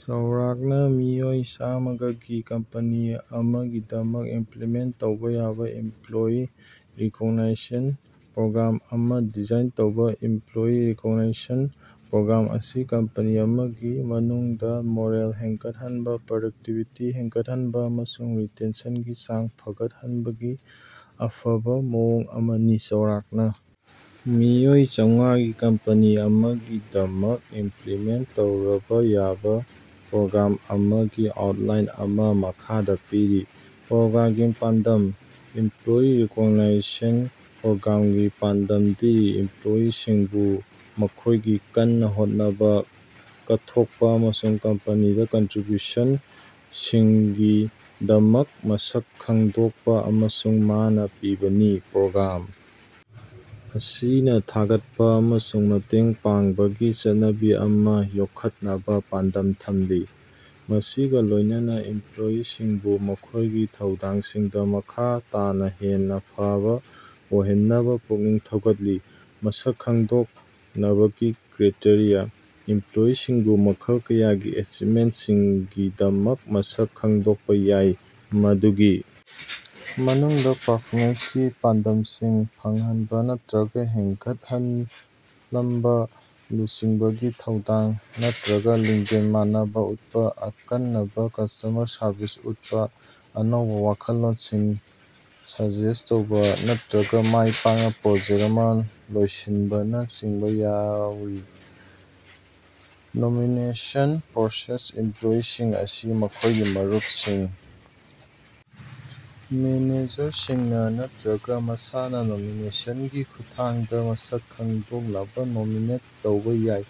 ꯆꯥꯎꯔꯥꯛꯅꯥ ꯃꯤꯑꯣꯏ ꯆꯥꯃꯉꯥꯒꯤ ꯀꯝꯄꯅꯤ ꯑꯃꯒꯤꯗꯃꯛ ꯏꯝꯄ꯭ꯂꯤꯃꯦꯟꯇ ꯇꯧꯕꯥ ꯌꯥꯕꯥ ꯏꯝꯄ꯭ꯂꯣꯌꯤ ꯔꯤꯀꯣꯒꯅꯤꯁꯟ ꯄ꯭ꯔꯣꯒ꯭ꯔꯥꯝ ꯑꯃꯥ ꯗꯤꯖꯥꯏꯟ ꯇꯧꯕꯥ꯫ ꯏꯝꯄ꯭ꯂꯣꯌꯤ ꯔꯤꯀꯣꯒꯅꯤꯁꯟ ꯄ꯭ꯔꯣꯒ꯭ꯔꯥꯝ ꯑꯁꯤ ꯀꯝꯄꯅꯤ ꯑꯃꯒꯤ ꯃꯅꯨꯡꯗꯥ ꯃꯣꯔꯦꯜ ꯍꯦꯟꯒꯠꯍꯟꯅꯕꯥ, ꯄ꯭ꯔꯗꯛꯇꯤꯚꯤꯇꯤ ꯍꯦꯟꯒꯠꯍꯟꯅꯕꯥ ꯑꯃꯁꯨꯡ ꯔꯤꯇꯦꯟꯁꯟꯒꯤ ꯆꯥꯡ ꯐꯒꯠꯍꯟꯅꯕꯒꯤ ꯑꯐꯕꯥ ꯃꯑꯣꯡ ꯑꯃꯅꯤ꯫ ꯆꯥꯎꯔꯥꯛꯅꯥ ꯃꯤꯑꯣꯏ ꯆꯥꯃꯉꯥꯒꯤ ꯀꯝꯄꯦꯅꯤ ꯑꯃꯒꯤꯗꯃꯛ ꯏꯝꯄ꯭ꯂꯤꯃꯦꯟꯇ ꯇꯧꯕꯥ ꯌꯥꯕꯥ ꯄ꯭ꯔꯣꯒ꯭ꯔꯥꯝ ꯑꯃꯒꯤ ꯑꯥꯎꯠꯂꯥꯏꯟ ꯑꯃꯥ ꯃꯈꯥꯗꯥ ꯄꯤꯔꯤ꯫ ꯄ꯭ꯔꯣꯒ꯭ꯔꯥꯝꯒꯤ ꯄꯥꯟꯗꯝ: ꯏꯝꯄ꯭ꯂꯣꯌꯤ ꯔꯤꯀꯣꯒꯅꯤꯁꯟ ꯄ꯭ꯔꯣꯒ꯭ꯔꯥꯝꯒꯤ ꯄꯥꯟꯗꯝꯗꯤ ꯏꯝꯄ꯭ꯂꯣꯌꯤꯁꯤꯡꯕꯨ ꯃꯈꯣꯢꯒꯤ ꯀꯟꯅꯥ ꯍꯣꯠꯅꯕꯥ, ꯀꯠꯊꯣꯛꯄꯥ ꯑꯃꯁꯨꯡ ꯀꯝꯄꯅꯤꯗꯥ ꯀꯟꯇ꯭ꯔꯤꯕ꯭ꯌꯨꯁꯟꯁꯤꯡꯒꯤꯗꯃꯛ ꯃꯁꯛ ꯈꯪꯗꯣꯛꯄꯥ ꯑꯃꯁꯨꯡ ꯃꯥꯅꯥ ꯄꯤꯕꯅꯤ꯫ ꯄ꯭ꯔꯣꯒ꯭ꯔꯥꯝ ꯑꯁꯤꯅꯥ ꯊꯥꯒꯠꯄꯥ ꯑꯃꯁꯨꯡ ꯃꯇꯦꯡ ꯄꯥꯡꯕꯒꯤ ꯆꯠꯅꯕꯤ ꯑꯃꯥ ꯌꯣꯛꯈꯠꯅꯕꯥ ꯄꯥꯟꯗꯝ ꯊꯝꯂꯤ, ꯃꯁꯤꯒꯥ ꯂꯣꯢꯅꯅꯥ ꯏꯝꯄ꯭ꯂꯣꯌꯤꯁꯤꯡꯕꯨ ꯃꯈꯣꯢꯒꯤ ꯊꯧꯗꯥꯡꯁꯤꯡꯗꯥ ꯃꯈꯥ ꯇꯥꯅꯥ ꯍꯦꯟꯅꯥ ꯐꯕꯥ ꯑꯣꯏꯍꯟꯅꯕꯥ ꯄꯨꯛꯅꯤꯡ ꯊꯧꯒꯠꯂꯤ꯫ ꯃꯁꯛ ꯈꯪꯗꯣꯛꯅꯕꯒꯤ ꯀ꯭ꯔꯥꯏꯇꯦꯔꯤꯌꯥ: ꯏꯝꯄ꯭ꯂꯣꯌꯤꯁꯤꯡꯕꯨ ꯃꯈꯜ ꯀꯌꯥꯒꯤ ꯑꯦꯆꯤꯞꯃꯦꯟꯇꯁꯤꯡꯒꯤꯗꯃꯛ ꯃꯁꯛ ꯈꯪꯗꯣꯛꯄꯥ ꯌꯥꯏ, ꯃꯗꯨꯒꯤ ꯃꯅꯨꯡꯗꯥ ꯄꯔꯐꯣꯃꯦꯟꯁꯀꯤ ꯄꯥꯟꯗꯝꯁꯤꯡ ꯐꯪꯍꯟꯕꯥ ꯅꯠꯇ꯭ꯔꯒꯥ ꯍꯦꯟꯒꯠꯍꯟꯂꯝꯕꯥ, ꯂꯨꯆꯤꯡꯕꯒꯤ ꯊꯧꯗꯥꯡ ꯅꯠꯇ꯭ꯔꯒꯥ ꯂꯤꯡꯖꯦꯜ ꯃꯅꯕꯥ ꯎꯠꯄꯥ, ꯑꯈꯟꯅꯕꯥ ꯀꯁꯇꯃꯔ ꯁꯔꯕꯤꯁ ꯎꯠꯄꯥ, ꯑꯅꯧꯕꯥ ꯋꯥꯈꯜꯂꯣꯟꯁꯤꯡ ꯁꯖꯦꯁꯇ ꯇꯧꯕꯥ, ꯅꯠꯇ꯭ꯔꯒꯥ ꯃꯥꯢ ꯄꯥꯛꯅꯥ ꯄ꯭ꯔꯣꯖꯦꯛꯇ ꯑꯃꯥ ꯂꯣꯏꯁꯤꯟꯕꯥꯅꯆꯤꯡꯕ ꯌꯥꯎꯔꯤ꯫ ꯅꯣꯃꯤꯅꯦꯁꯟ ꯄ꯭ꯔꯣꯁꯦꯁ: ꯏꯝꯄ꯭ꯂꯣꯌꯤꯁꯤꯡ ꯑꯁꯤ ꯃꯈꯣꯢꯒꯤ ꯃꯔꯨꯞꯁꯤꯡ, ꯃꯦꯅꯦꯖꯔꯁꯤꯡꯅꯥ ꯅꯠꯇ꯭ꯔꯒꯥ ꯃꯁꯥꯅꯥ ꯅꯣꯃꯤꯅꯦꯁꯟꯒꯤ ꯈꯨꯠꯊꯥꯡꯗꯥ ꯃꯁꯛ ꯈꯪꯗꯣꯛꯅꯕꯥ ꯅꯣꯃꯤꯅꯦꯠ ꯇꯧꯕꯥ ꯌꯥꯏ꯫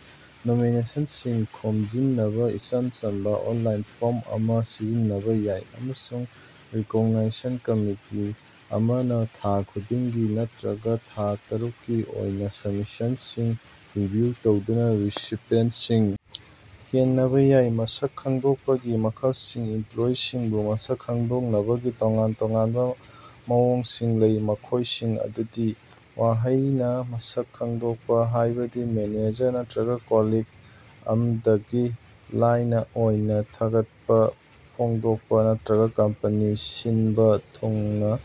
ꯅꯣꯃꯤꯅꯦꯁꯟꯁꯤꯡ ꯈꯣꯝꯖꯤꯟꯅꯕꯥ ꯏꯆꯝ ꯆꯝꯕꯥ ꯑꯣꯟꯂꯥꯏꯟ ꯐꯣꯔꯝ ꯑꯃꯥ ꯁꯤꯖꯤꯟꯅꯕꯥ ꯌꯥꯏ, ꯑꯃꯁꯨꯡ ꯔꯤꯀꯣꯛꯅꯤꯁꯟ ꯀꯝꯃꯤꯇꯤ ꯑꯃꯅꯥ ꯊꯥ ꯈꯨꯗꯤꯡꯒꯤ ꯅꯠꯇ꯭ꯔꯒꯥ ꯊꯥ ꯇꯔꯨꯛꯀꯤ ꯑꯣꯏꯅꯥ ꯁꯕꯃꯤꯁꯟꯁꯤꯡ ꯔꯤꯚꯤꯌꯨ ꯇꯧꯗꯨꯅꯥ ꯔꯤꯁꯤꯄꯤꯌꯟꯇꯁꯤꯡ ꯈꯟꯅꯕ ꯌꯥꯏ꯫ ꯃꯁꯛ ꯈꯪꯗꯣꯛꯄꯒꯤ ꯃꯈꯜꯁꯤꯡ: ꯏꯝꯄ꯭ꯂꯣꯌꯤꯁꯤꯡꯕꯨ ꯃꯁꯛ ꯈꯪꯗꯣꯛꯅꯕꯒꯤ ꯇꯣꯉꯥꯟ ꯇꯣꯉꯥꯟꯕꯥ ꯃꯑꯣꯡꯁꯤꯡ ꯂꯩ, ꯃꯈꯣꯢꯁꯤꯡ ꯑꯗꯨꯗꯤ: ꯋꯥꯍꯩꯅꯥ ꯃꯁꯛ ꯈꯪꯗꯣꯛꯄꯥ, ꯍꯥꯢꯕꯗꯤ ꯃꯦꯅꯦꯖꯔ ꯅꯠꯇꯔꯒꯥ ꯀꯣꯂꯤꯛ ꯑꯃꯗꯒꯤ ꯂꯅꯥꯏ ꯑꯣꯏꯅꯥ ꯊꯥꯒꯠꯄꯥ ꯐꯣꯡꯗꯣꯛꯄꯥ, ꯅꯠꯇꯔꯒꯥ ꯀꯝꯄꯅꯤ ꯁꯤꯟꯕꯥ ꯊꯨꯡꯅꯥ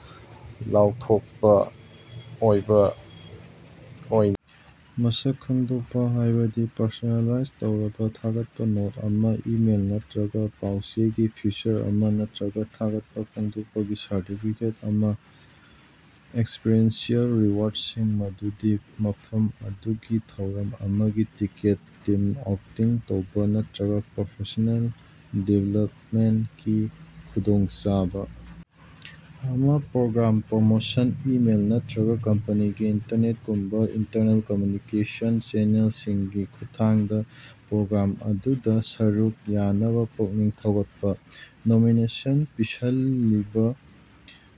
ꯂꯥꯎꯊꯣꯛꯄꯥ꯫ ꯑ‌ꯣꯏꯕꯥ ꯑꯣꯏꯅꯥ ꯃꯁꯛ ꯈꯪꯗꯣꯛꯄꯥ, ꯍꯥꯢꯕꯗꯤ ꯄꯔꯁꯣꯅꯦꯂꯥꯏꯖ ꯇꯧꯔꯕꯥ ꯊꯥꯒꯠꯄꯥ ꯅꯣꯠ ꯑꯃꯥ, ꯏꯃꯦꯜ ꯅꯠꯇꯔꯒꯥ ꯄꯥꯎ-ꯆꯦꯒꯤ ꯐꯤꯆꯔ ꯑꯃꯥ, ꯅꯠꯇ꯭ꯔꯒꯥ ꯊꯥꯒꯠꯄꯥ ꯐꯣꯡꯗꯣꯛꯄꯒꯤ ꯁꯔꯇꯤꯐꯤꯀꯦꯠ ꯑꯃꯥ꯫ ꯑꯦꯛꯁꯄꯤꯔꯤꯑꯦꯟꯁꯤꯑꯦꯜ ꯔꯤꯋꯥꯔꯗꯁꯤꯡ, ꯃꯗꯨꯗꯤ ꯃꯐꯝ ꯑꯗꯨꯒꯤ ꯊꯧꯔꯝ ꯑꯃꯒꯤ ꯇꯤꯀꯦꯠ, ꯇꯤꯝ ꯑꯥꯎꯠ ꯇꯧꯕꯥ, ꯅꯠꯇ꯭ꯔꯒꯥ ꯄ꯭ꯔꯣꯐꯦꯁ꯭ꯅꯦꯜ ꯗꯤꯕꯦꯂꯞꯃꯦꯟꯇꯀꯤ ꯈꯨꯗꯣꯡꯆꯥꯕꯥ ꯑꯃꯥ꯫ ꯄ꯭ꯔꯣꯒ꯭ꯔꯥꯝ ꯄ꯭ꯔꯃꯣꯁꯟ: ꯏꯃꯦꯜ ꯅꯠꯇ꯭ꯔꯒꯥ ꯀꯝꯄꯅꯤꯒꯤ ꯏꯟꯇꯔꯅꯦꯠꯒꯨꯝꯕꯥ ꯏꯟꯇꯔꯅꯦꯜ ꯀꯝꯃ꯭ꯌꯨꯅꯤꯀꯦꯁꯟ ꯆꯦꯅꯦꯜꯁꯤꯡꯒꯤ ꯈꯨꯠꯊꯥꯡꯗꯥ ꯄ꯭ꯔꯣꯒ꯭ꯔꯥꯝ ꯑꯗꯨꯗꯥ ꯁꯔꯨꯛ ꯌꯥꯅꯕꯥ ꯄꯨꯛꯅꯤꯡ ꯊꯧꯒꯠꯄꯥ꯫ ꯅꯣꯃꯤꯅꯦꯁꯟ ꯄꯤꯁꯤꯜꯂꯤꯕꯥ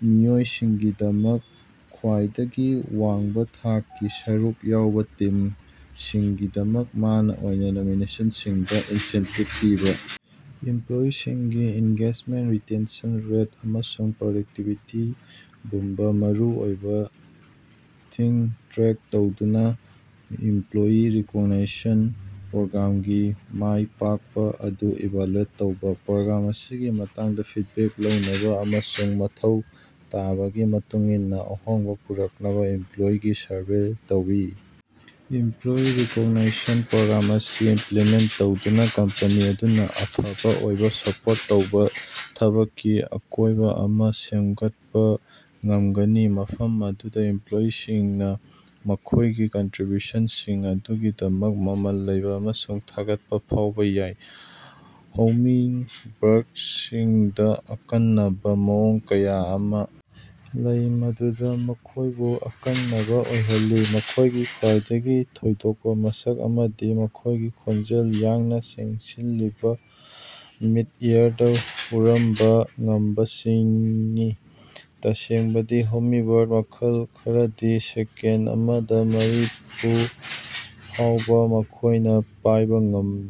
ꯃꯤꯑꯣꯏꯁꯤꯡꯒꯤꯗꯃꯛ ꯈ꯭ꯋꯥꯏꯗꯒꯤ ꯋꯥꯡꯕꯥ ꯊꯥꯛꯀꯤ ꯁꯔꯨꯛ ꯌꯥꯎꯕꯥ ꯇꯤꯝꯁꯤꯡꯒꯤꯗꯃꯛ ꯃꯅꯥ ꯑꯣꯢꯅ ꯅꯣꯃꯤꯅꯦꯁꯟꯁꯤꯡꯗ ꯏꯟꯁꯦꯟꯇꯤꯚ ꯄꯤꯕꯥ꯫ ꯄ꯭ꯔꯣꯒ꯭ꯔꯥꯝ ꯏꯚꯥꯂꯨꯑꯦꯁꯟ: ꯏꯃꯄ꯭ꯂꯣꯌꯤꯁꯤꯡꯒꯤ ꯑꯦꯟꯒꯦꯖꯃꯦꯟꯇ, ꯔꯤꯇꯦꯟꯁꯟ ꯔꯦꯠ, ꯑꯃꯁꯨꯡ ꯄ꯭ꯔꯗꯛꯇꯤꯕꯤꯇꯤꯒꯨꯝꯕꯥ ꯃꯔꯨꯑꯣꯏꯕꯥ ꯁꯤꯡ ꯇ꯭ꯔꯦꯛ ꯇꯧꯗꯨꯅꯥ ꯏꯝꯄ꯭ꯂꯣꯌꯤ ꯔꯤꯀꯣꯒꯅꯤꯁꯟ ꯄ꯭ꯔꯣꯒ꯭ꯔꯥꯝꯒꯤ ꯃꯥꯢ ꯄꯥꯛꯄꯥ ꯑꯗꯨ ꯏꯚꯥꯂꯨꯑꯦꯠ ꯇꯧꯕꯥ꯫ ꯄ꯭ꯔꯣꯒ꯭ꯔꯥꯝ ꯑꯁꯤꯒꯤ ꯃꯇꯥꯡꯗꯥ ꯐꯤꯗꯕꯦꯛ ꯂꯧꯅꯕꯥ ꯑꯃꯁꯨꯡ ꯃꯊꯧ ꯇꯥꯕꯒꯤ ꯃꯇꯨꯡ ꯏꯟꯅꯥ ꯑꯍꯣꯡꯕꯥ ꯄꯨꯔꯛꯅꯕꯥ ꯏꯝꯄ꯭ꯂꯣꯌꯤꯁꯤꯡꯒꯤ ꯁꯔꯚꯦ ꯇꯧꯢ꯫ ꯏꯝꯄ꯭ꯂꯣꯌꯤ ꯔꯤꯀꯣꯒꯅꯤꯁꯟ ꯄ꯭ꯔꯣꯒ꯭ꯔꯥꯝ ꯑꯁꯤ ꯏꯝꯄ꯭ꯂꯤꯃꯦꯟꯇ ꯇꯧꯗꯨꯅꯥ, ꯀꯝꯄꯅꯤ ꯑꯗꯨꯅꯥ ꯑꯐꯕ ꯑꯣꯏꯕꯥ ꯁꯄꯣꯔꯠ ꯇꯧꯕꯥ ꯊꯕꯛꯀꯤ ꯑꯀꯣꯢꯕ ꯑꯃꯥ ꯁꯦꯝꯒꯠꯄꯥ ꯉꯝꯒꯅꯤ, ꯃꯐꯝꯑꯗꯨꯗꯥ ꯏꯝꯄ꯭ꯂꯣꯌꯤꯁꯤꯡꯅꯥ ꯃꯈꯣꯢꯒꯤ ꯀꯟꯇ꯭ꯔꯤꯕ꯭ꯌꯨꯁꯟꯁꯤꯡ ꯑꯗꯨꯒꯤꯗꯃꯛ ꯃꯃꯜ ꯂꯩꯕꯥ ꯑꯃꯁꯨꯡ ꯊꯥꯒꯠꯄꯥ ꯐꯥꯎꯕꯥ ꯌꯥꯏ꯫ ꯍꯃꯤꯡꯕꯥꯔꯗꯁꯤꯡꯗꯥ ꯑꯈꯟꯅꯕꯥ ꯃꯑꯣꯡ ꯀꯌꯥ ꯑꯃꯥ ꯂꯩ ꯃꯗꯨꯅꯥ ꯃꯈꯣꯢꯕꯨ ꯑꯈꯟꯅꯕꯥ ꯑꯣꯏꯍꯜꯂꯤ꯫ ꯃꯈꯣꯢꯒꯤ ꯈ꯭ꯋꯥꯏꯗꯒꯤ ꯊꯣꯏꯗꯣꯛꯄꯥ ꯃꯁꯛ ꯑꯃꯗꯤ ꯃꯈꯣꯢꯒꯤ ꯈꯣꯡꯖꯦꯜ ꯌꯥꯡꯅꯥ ꯆꯦꯟꯁꯤꯜꯂꯒꯥ ꯃꯤꯗ-ꯑꯦꯌꯔꯗꯥ ꯍꯨꯔꯥꯟꯕꯥ ꯉꯝꯕꯁꯤꯅꯤ꯫ ꯇꯁꯦꯡꯕꯗꯤ, ꯍꯃꯤꯡꯕꯥꯔꯗ ꯃꯈꯜ ꯈꯔꯗꯤ ꯁꯦꯀꯦꯟꯗ ꯑꯃꯗꯥ ꯃꯔꯤꯐꯨ ꯐꯥꯎꯕꯥ ꯃꯈꯣꯢꯅ ꯄꯥꯢꯕ ꯉꯝꯃꯤ꯫